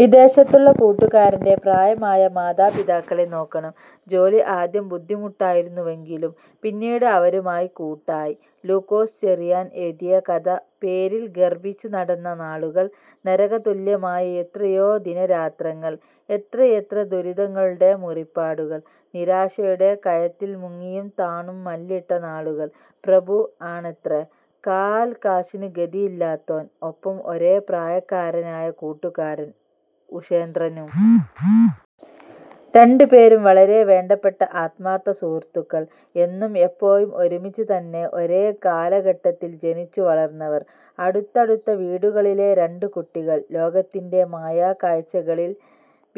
'വിദേശത്തുള്ള കൂട്ടൂകാരന്റെ പ്രായമായ മാതാപിതാക്കളെ നോക്കണം; ജോലി ആദ്യം ബുദ്ധിമുട്ടായിരുന്നുവെങ്കിലും പിന്നീട് അവരുമായി കൂട്ടായി... ' ലൂക്കോസ് ചെറിയാൻ എഴുതിയ കഥ പേരിൽ ഗർവിച്ചു നടന്ന നാളുകൾ, നരക തുല്യമായ എത്രയോ ദിനരാത്രങ്ങൾ, എത്രയെത്ര ദുരിതങ്ങളുടെ മുറിപ്പാടുകൾ, നിരാശയുടെ കയത്തിൽ മുങ്ങിയും താണും മല്ലിട്ട നാളുകൾ 'പ്രഭു' ആണത്രേ, കാൽ കാശിന് ഗതിയില്ലാത്തോൻ, ഒപ്പം ഒരേ പ്രായക്കാരനായ കൂട്ടുകാരൻ 'ഉഷേന്ദ്രനും'. രണ്ടുപേരും വളരെ വേണ്ടപ്പെട്ട ആത്മാർഥ സുഹൃത്തുക്കൾ. എന്നും എപ്പോഴും ഒരുമിച്ച്തന്നെ ഒരേ കാലഘട്ടത്തിൽ ജനിച്ചു വളർന്നവർ, അടുത്തടുത്ത വീടുകളിലെ രണ്ടു കുട്ടികൾ, ലോകത്തിന്റെ മായാ കാഴ്ച്ചകളിൽ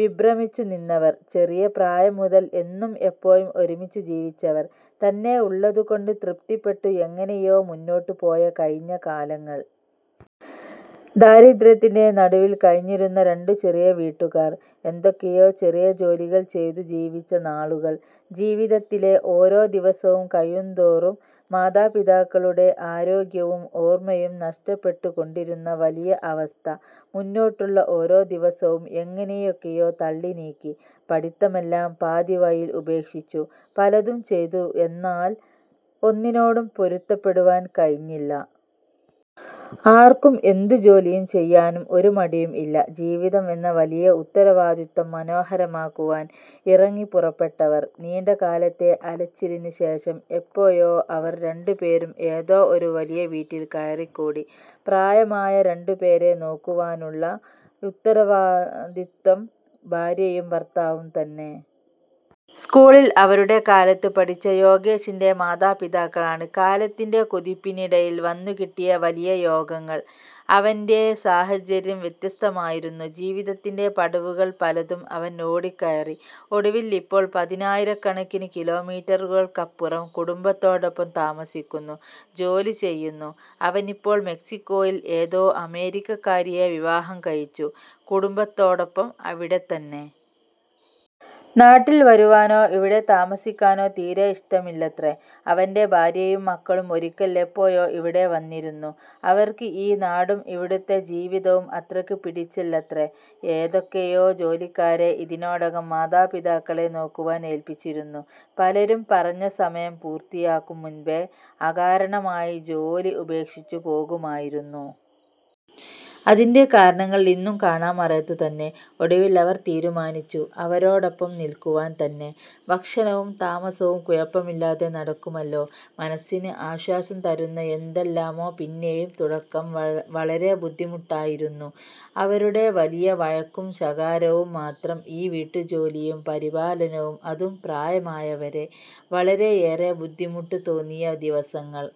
വിഭ്രമിച്ചു നിന്നവർ. ചെറിയ പ്രായം മുതൽ എന്നും എപ്പോഴും ഒരുമിച്ചു ജീവിച്ചവർ തന്നെ, ഉള്ളതുകൊണ്ട് തൃപ്തിപ്പെട്ടു എങ്ങനെയോ മുന്നോട്ട് പോയ കഴിഞ്ഞ കാലങ്ങൾ... ദാരിദ്ര്യത്തിന്റെ നടുവിൽ കഴിഞ്ഞിരുന്ന രണ്ടു ചെറിയ വീട്ടുകാർ, എന്തൊക്കെയോ ചെറിയ ജോലികൾ ചെയ്തു ജീവിച്ച നാളുകൾ, ജീവിതത്തിലെ ഓരോ ദിവസവും കഴിയും തോറും മാതാപിതാക്കളുടെ ആരോഗ്യവും ഓർമയും നഷ്ടപ്പെട്ടുകൊണ്ടിരുന്ന വലിയ അവസ്ഥ, മുന്നോട്ടുള്ള ഓരോ ദിവസവും എങ്ങനെയൊക്കെയോ തള്ളി നീക്കി. പഠിത്തമെല്ലാം പാതി വഴിയിൽ ഉപേക്ഷിച്ചു, പലതും ചെയ്തു എന്നാൽ ഒന്നിനോടും പൊരുത്തപ്പെടുവാൻ കഴിഞ്ഞില്ല. ആർക്കും എന്തു ജോലി ചെയ്യാനും ഒരു മടിയും ഇല്ല, ജീവിതം എന്ന വലിയ ഉത്തരവാദിത്വം മനോഹരമാക്കുവാൻ ഇറങ്ങി പുറപ്പെട്ടവർ. നീണ്ട കാലത്തെ അലച്ചിലിന് ശേഷം എപ്പോഴോ അവർ രണ്ടുപേരും ഏതോ ഒരു വലിയ വീട്ടിൽ കയറിക്കൂടി. പ്രായമായ രണ്ടുപേരെ നോക്കുവാനുള്ള ഉത്തരവാദിത്വം, ഭാര്യയും ഭർത്താവും തന്നെ. സ്കൂളിൽ അവരുടെ കാലത്ത് പഠിച്ച യോഗേഷിന്റെ മാതാപിതാക്കളാണ്. കാലത്തിന്റെ കുതിപ്പിനിടയിൽ വന്നു കിട്ടിയ വലിയ യോഗങ്ങൾ. അവന്റ സാഹചര്യം വ്യത്യസ്തമായിരുന്നു, ജീവിതത്തിന്റെ പടവുകൾ പലതും അവൻ ഓടി കയറി, ഒടുവിൽ ഇപ്പോൾ പതിനായിരക്കണക്കിന് കിലോമീറ്ററുകൾക്കപ്പുറം കുടുംബത്തോടൊപ്പം താമസിക്കുന്നു, ജോലി ചെയ്യുന്നു. അവനിപ്പോൾ മെക്സിക്കോയിൽ ഏതോ അമേരിക്കക്കാരിയെ വിവാഹം കഴിച്ചു, കുടുംബത്തോടൊപ്പം, അവിടെത്തന്നെ. നാട്ടിൽ വരുവാനോ ഇവിടെ താമസിക്കാനോ തീരെ ഇഷ്ടമില്ലത്രേ, അവന്റെ ഭാര്യയും മക്കളും ഒരിക്കൽ എപ്പോഴോ ഇവിടെ വന്നിരുന്നു. അവർക്ക് ഈ നാടും ഇവിടുത്തെ ജീവിതവും അത്രക്ക് പിടിച്ചില്ലത്രേ. ഏതൊക്കെയോ ജോലിക്കാരെ ഇതിനോടകം മാതാപിതാക്കളെ നോക്കുവാൻ ഏൽപ്പിച്ചിരുന്നു. പലരും പറഞ്ഞ സമയം പൂർത്തിയാക്കും മുൻപേ അകാരണമായി ജോലി ഉപേക്ഷിച്ചു പോകുമായിരുന്നു. അതിന്റെ കാരണങ്ങൾ ഇന്നും കാണാമറയത്തുതന്നെ. ഒടുവിൽ അവർ തീരുമാനിച്ചു അവരോടൊപ്പം നിൽക്കുവാൻ തന്നെ, ഭക്ഷണവും താമസവും കുഴപ്പമില്ലാതെ നടക്കുമല്ലോ, മനസ്സിന് ആശ്വാസം തരുന്ന എന്തെല്ലാമോ പിന്നെയും. തുടക്കം വളരെ ബുദ്ധിമുട്ടായിരുന്നു, അവരുടെ വലിയ വഴക്കും ശകാരവും മാത്രം, ഈ വീട്ടുജോലിയും പരിപാലനവും അതും പ്രായമായവരെ, വളരെയേറെ ബുദ്ധിമുട്ട് തോന്നിയ ദിവസങ്ങൾ.